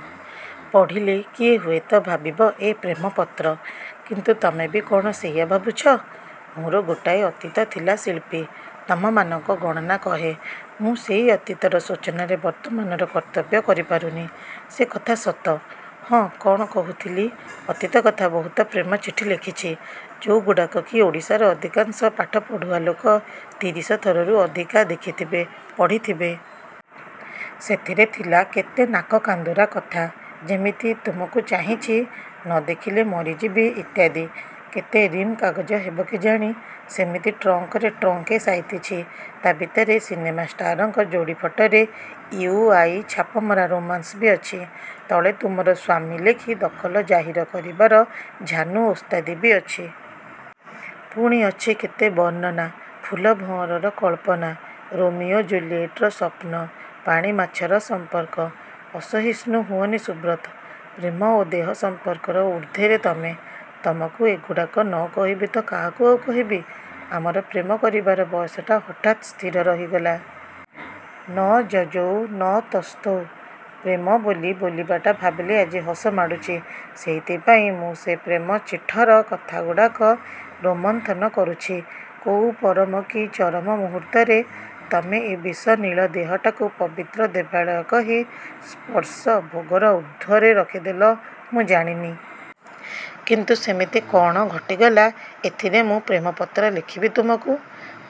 " ପଢ଼ିଲେ କିଏ ହୁଏତ ଭାବିବ ଏ ପ୍ରେମ-ପତ୍ର; କିନ୍ତୁ ତମେ ବି କ'ଣ ସେଇଆ ଭାବୁଛ? ମୋର ଗୋଟାଏ ଅତୀତ ଥିଲା ଶିଳ୍ପି! ତମମାନଙ୍କ ଗଣନା କହେ,। ମୁଁ ସେଇ ଅତୀତର ଶୋଚନାରେ ବର୍ତ୍ତମାନର କର୍ତ୍ତବ୍ୟ କରିପାରୁନି। ସେ କଥା ସତ। ହଁ, କ'ଣ କହୁଥିଲି ଅତୀତ କଥା-ବହୁତ ପ୍ରେମଚିଠି ଲେଖିଛି, ଯୋଉଗୁଡ଼ାକ କି ଓଡ଼ିଶାର ଅଧିକାଂଶ ପାଠପଢ଼ୁଆ ଲୋକ ତିରିଶ ଥରରୁ ଅଧିକା ଦେଖିଥିବେ, ପଢ଼ିଥିବେ। ସେଥିରେ ଥିଲା କେତେ ନାକକାନ୍ଦୁରା କଥା-ଯେମିତି- ତୁମକୁ ଚାହିଁଛି, ନ ଦେଖିଲେ ମରିଯିବି- ଇତ୍ୟାଦି। କେତେ ରିମ୍ କାଗଜ ହେବ କେଜାଣି-ସେମିତି ଟ୍ରଙ୍କରେ ଟ୍ରଙ୍କେ ସାଇତିଛି। ତା ଭିତରେ ସିନେମା ଷ୍ଟାରଙ୍କ ଯୋଡ଼ି ଫଟରେ 'ଇଉ', 'ଆଇ' ଛାପମରା ରୋମାନ୍ସ ବି ଅଛି। ତଳେ 'ତୁମର ସ୍ୱାମୀ' ଲେଖି ଦଖଲ ଜାହିର କରିବାର ଝାନୁ ଓସ୍ତାଦି ବି ଅଛି। ପୁଣି ଅଛି କେତେ ବର୍ଣ୍ଣନା, ଫୁଲ-ଭଅଁରର କଳ୍ପନା, ରୋମିଓ-ଜୁଲିଏଟର ସ୍ୱପ୍ନ-ପାଣି ମାଛର ସମ୍ପର୍କ। ଅସହିଷ୍ଣୁ ହୁଅନି ସୁବ୍ରତ! ପ୍ରେମ ଓ ଦେହ ସଂପର୍କର ଊର୍ଦ୍ଧ୍ଵେରେ ତମେ, ତମକୁ ଏଗୁଡ଼ାକ ନ କହିବି ତ କାହାକୁ ଆଉ କହିବି? ଆମର ପ୍ରେମ କରିବାର ବୟସଟା ହଠାତ୍ ସ୍ଥିର ରହିଗଲା। ନ ଯଯୌ ନ ତସ୍ଥୌ- ପ୍ରେମ ବୋଲି ବୋଲିବାଟା ଭାବିଲେ ଆଜି ହସ ମାଡ଼ୁଛି। ସେଇଥିପାଇଁ ମୁଁ ସେ ପ୍ରେମ-ଚିଠର କଥାଗୁଡ଼ାକ ରୋମନ୍ଥନ କରୁଛି। କୋଉ ପରମକି ଚରମ ମୁହୂର୍ତ୍ତରେ ତମେ ଏ ବିଷନୀଳ, ଦେହଟାକୁ ପବିତ୍ର ଦେବାଳୟ କହି ସ୍ପର୍ଶ, ଭୋଗର ଊର୍ଦ୍ଧ୍ୱରେ ରଖିଦେଲ ମୁଁ ଜାଣିନି। କିନ୍ତୁ ସେମିତି କଅଣ ଘଟିଗଲା। ଏଥିରେ ମୁଁ ପ୍ରେମପତ୍ର ଲେଖିବି ତୁମକୁ?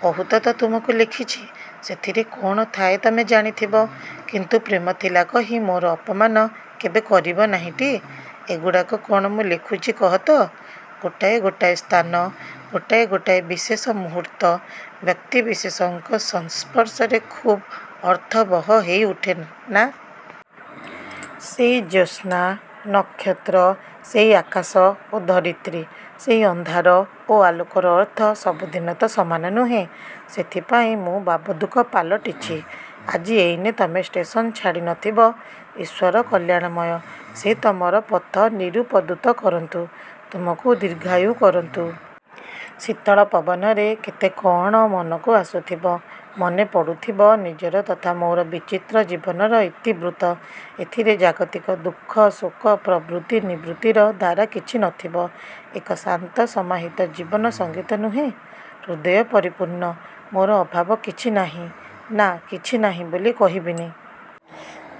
ବହୁତ ତ ତୁମକୁ ଲେଖିଛି-ସେଥିରେ କଅଣ ଥାଏ ତମେ ଜାଣିଥିବ; କିନ୍ତୁ ପ୍ରେମ ଥିଲା କହି ମୋର ଅପମାନ କେବେ କରିବନାହିଁଟି? ଏଗୁଡ଼ାକ କଅଣ ମୁଁ ଲେଖୁଛି କହତ? ଗୋଟାଏ ଗୋଟାଏ ସ୍ଥାନ, ଗୋଟାଏ ଗୋଟାଏ ବିଶେଷ ମୁହୂର୍ତ୍ତ, ବ୍ୟକ୍ତିବିଶେଷଙ୍କ ସଂସ୍ପର୍ଶରେ ଖୁବ୍ ଅର୍ଥବହ ହେଇଉଠେ-ନା? ସେଇ ଜ୍ୟୋତ୍ସ୍ନା, ନକ୍ଷତ୍ର, ସେଇ ଆକାଶ ଓ ଧରିତ୍ରୀ, ସେଇ ଅନ୍ଧାର ଓ ଆଲୋକର ଅର୍ଥ ସବୁଦିନ ତ ସମାନ ନୁହେଁ। ସେଥିପାଇଁ ମୁଁ ବାବଦୂକ ପାଲଟିଛି। ଆଜି ଏଇନେ ତମେ ଷ୍ଟେସନ ଛାଡ଼ିନଥିବ। ଈଶ୍ୱର କଲ୍ୟାଣମୟ। ସେ ତମର ପଥ ନିରୁପଦୁତ କରନ୍ତୁ। ତୁମକୁ ଦୀର୍ଘାୟୁ କରନ୍ତୁ। ଶୀତଳ ପବନରେ କେତେ କଅଣ ମନକୁ ଆସୁଥିବ-। ମନେ ପଡ଼ୁଥିବ ନିଜର ତଥା ମୋର ବିଚିତ୍ର ଜୀବନର ଇତିବୃତ୍ତ। ଏଥିରେ ଜାଗତିକ ଦୁଃଖ ଶୋକ ପ୍ରବୃତ୍ତି ନିବୃତ୍ତିର ଧାରା କିଛି ନଥିବ। ଏକ ଶାନ୍ତ ସମାହିତ ଜୀବନ-ସଙ୍ଗୀତ ନୁହେଁ? ହୃଦୟ ପରିପୂର୍ଣ୍ଣ। ମୋର ଅଭାବ କିଛି ନାହିଁ-ନା, କିଛି ନାହିଁ ବୋଲି କହିବିନି।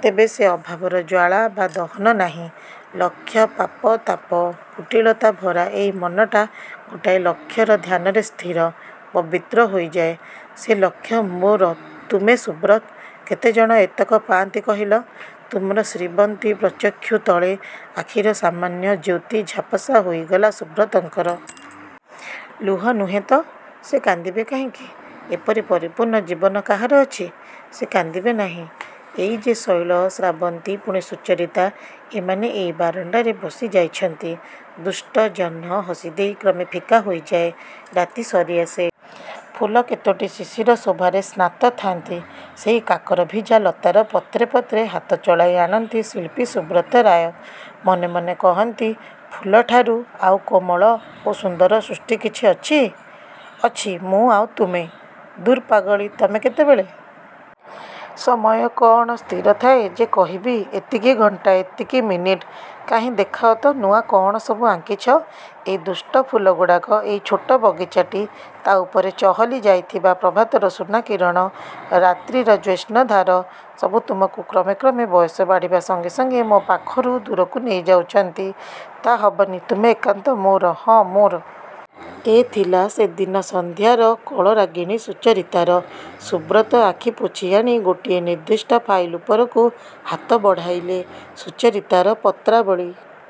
ତେବେ ସେ ଅଭାବର ଜ୍ଵାଳା ବା ଦହନ ନାହିଁ। ଲକ୍ଷ୍ୟ ପାପ ତାପ, କୁଟିଳତାଭରା ଏଇ ମନଟା ଗୋଟାଏ ଲକ୍ଷ୍ୟର ଧ୍ୟାନରେ ସ୍ଥିର, ପବିତ୍ର ହୋଇଯାଏ। ସେ ଲକ୍ଷ୍ୟ ମୋର ତୁମେ ସୁବ୍ରତ! କେତେଜଣ ଏତକ ପାଆନ୍ତି କହିଲ? ତୁମର ଶ୍ରୀବନ୍ତୀ ପ୍ରଚକ୍ଷୁ ତଳେ ଆଖିର ସାମାନ୍ୟ ଜ୍ୟୋତି ଝାପସା ହୋଇଗଲା ସୁବ୍ରତଙ୍କର। ଲୁହ ନୁହେଁ ତ? ସେ କାନ୍ଦିବେ କାହିଁକି? ଏପରି ପରିପୂର୍ଣ୍ଣ ଜୀବନ କାହାର ଅଛି? ସେ କାନ୍ଦିବେ ନାହିଁ। ଏଇ ଯେ ଶୈଳ, ଶ୍ରାବନ୍ତୀ, ପୁଣି ସୁଚରିତା- ଏମାନେ ଏଇ ବାରଣ୍ଡାରେ ବସି ଯାଇଛନ୍ତି। ଦୁଷ୍ଟ ଜହ୍ନ ହସିଦେଇ କ୍ରମେ ଫିକା ହୋଇଯାଏ। ରାତି ସରିଆସେ। ଫୁଲ କେତୋଟି ଶିଶିର ଶୋଭାରେ ସ୍ନାତ ଥାନ୍ତି। ସେଇ କାକରଭିଜା ଲତାର ପତ୍ରେ ପତ୍ରେ ହାତ ଚଳାଇ ଆଣନ୍ତି ଶିଳ୍ପୀ ସୁବ୍ରତ ରାୟ। ମନେ ମନେ କହନ୍ତି-ଫୁଲଠାରୁ ଆଉ କୋମଳ ଓ ସୁନ୍ଦର ସୃଷ୍ଟି କିଛି ଅଛି? -'ଅଛି, ମୁଁ ଆଉ ତୁମେ- '-ଦୂର୍ ପାଗଳୀ, ତମେ କେତେବେଳେ? '-ସମୟ କଅଣ ସ୍ଥିର ଥାଏ ଯେ କହିବି ଏତିକି ଘଣ୍ଟା ଏତିକି ମିନିଟ୍, କାହିଁ ଦେଖାଅ ତ ନୂଆ କଅଣ ସବୁ ଆଙ୍କିଛ? ଏଇ ଦୁଷ୍ଟ ଫୁଲଗୁଡ଼ାକ, ଏଇ ଛୋଟ ବଗିଚାଟି, ତା ଉପରେ ଚହଲି ଯାଇଥିବା ପ୍ରଭାତର ସୁନା କିରଣ, ରାତ୍ରିର ଜ୍ୟୋତ୍ସ୍ନଧାର, ସବୁ ତୁମକୁ କ୍ରମେ କ୍ରମେ ବୟସ ବାଢ଼ିବା ସଙ୍ଗେ ସଙ୍ଗେ ମୋ ପାଖରୁ ଦୂରକୁ ନେଇଯାଉଛନ୍ତି- ତା' ହବନି- ତୁମେ ଏକାନ୍ତ ମୋର-ହଁ ମୋର-। ଏ ଥିଲା ସେଦିନ ସଂଧ୍ୟାର କଳରାଗିଣୀ ସୁଚରିତାର। ସୁବ୍ରତ ଆଖି ପୋଛିଆଣି ଗୋଟିଏ ନିର୍ଦ୍ଦିଷ୍ଟ ଫାଇଲ୍ ଉପରକୁ ହାତ ବଢ଼ାଇଲେ। ସୁଚରିତାର ପତ୍ରାବଳୀ।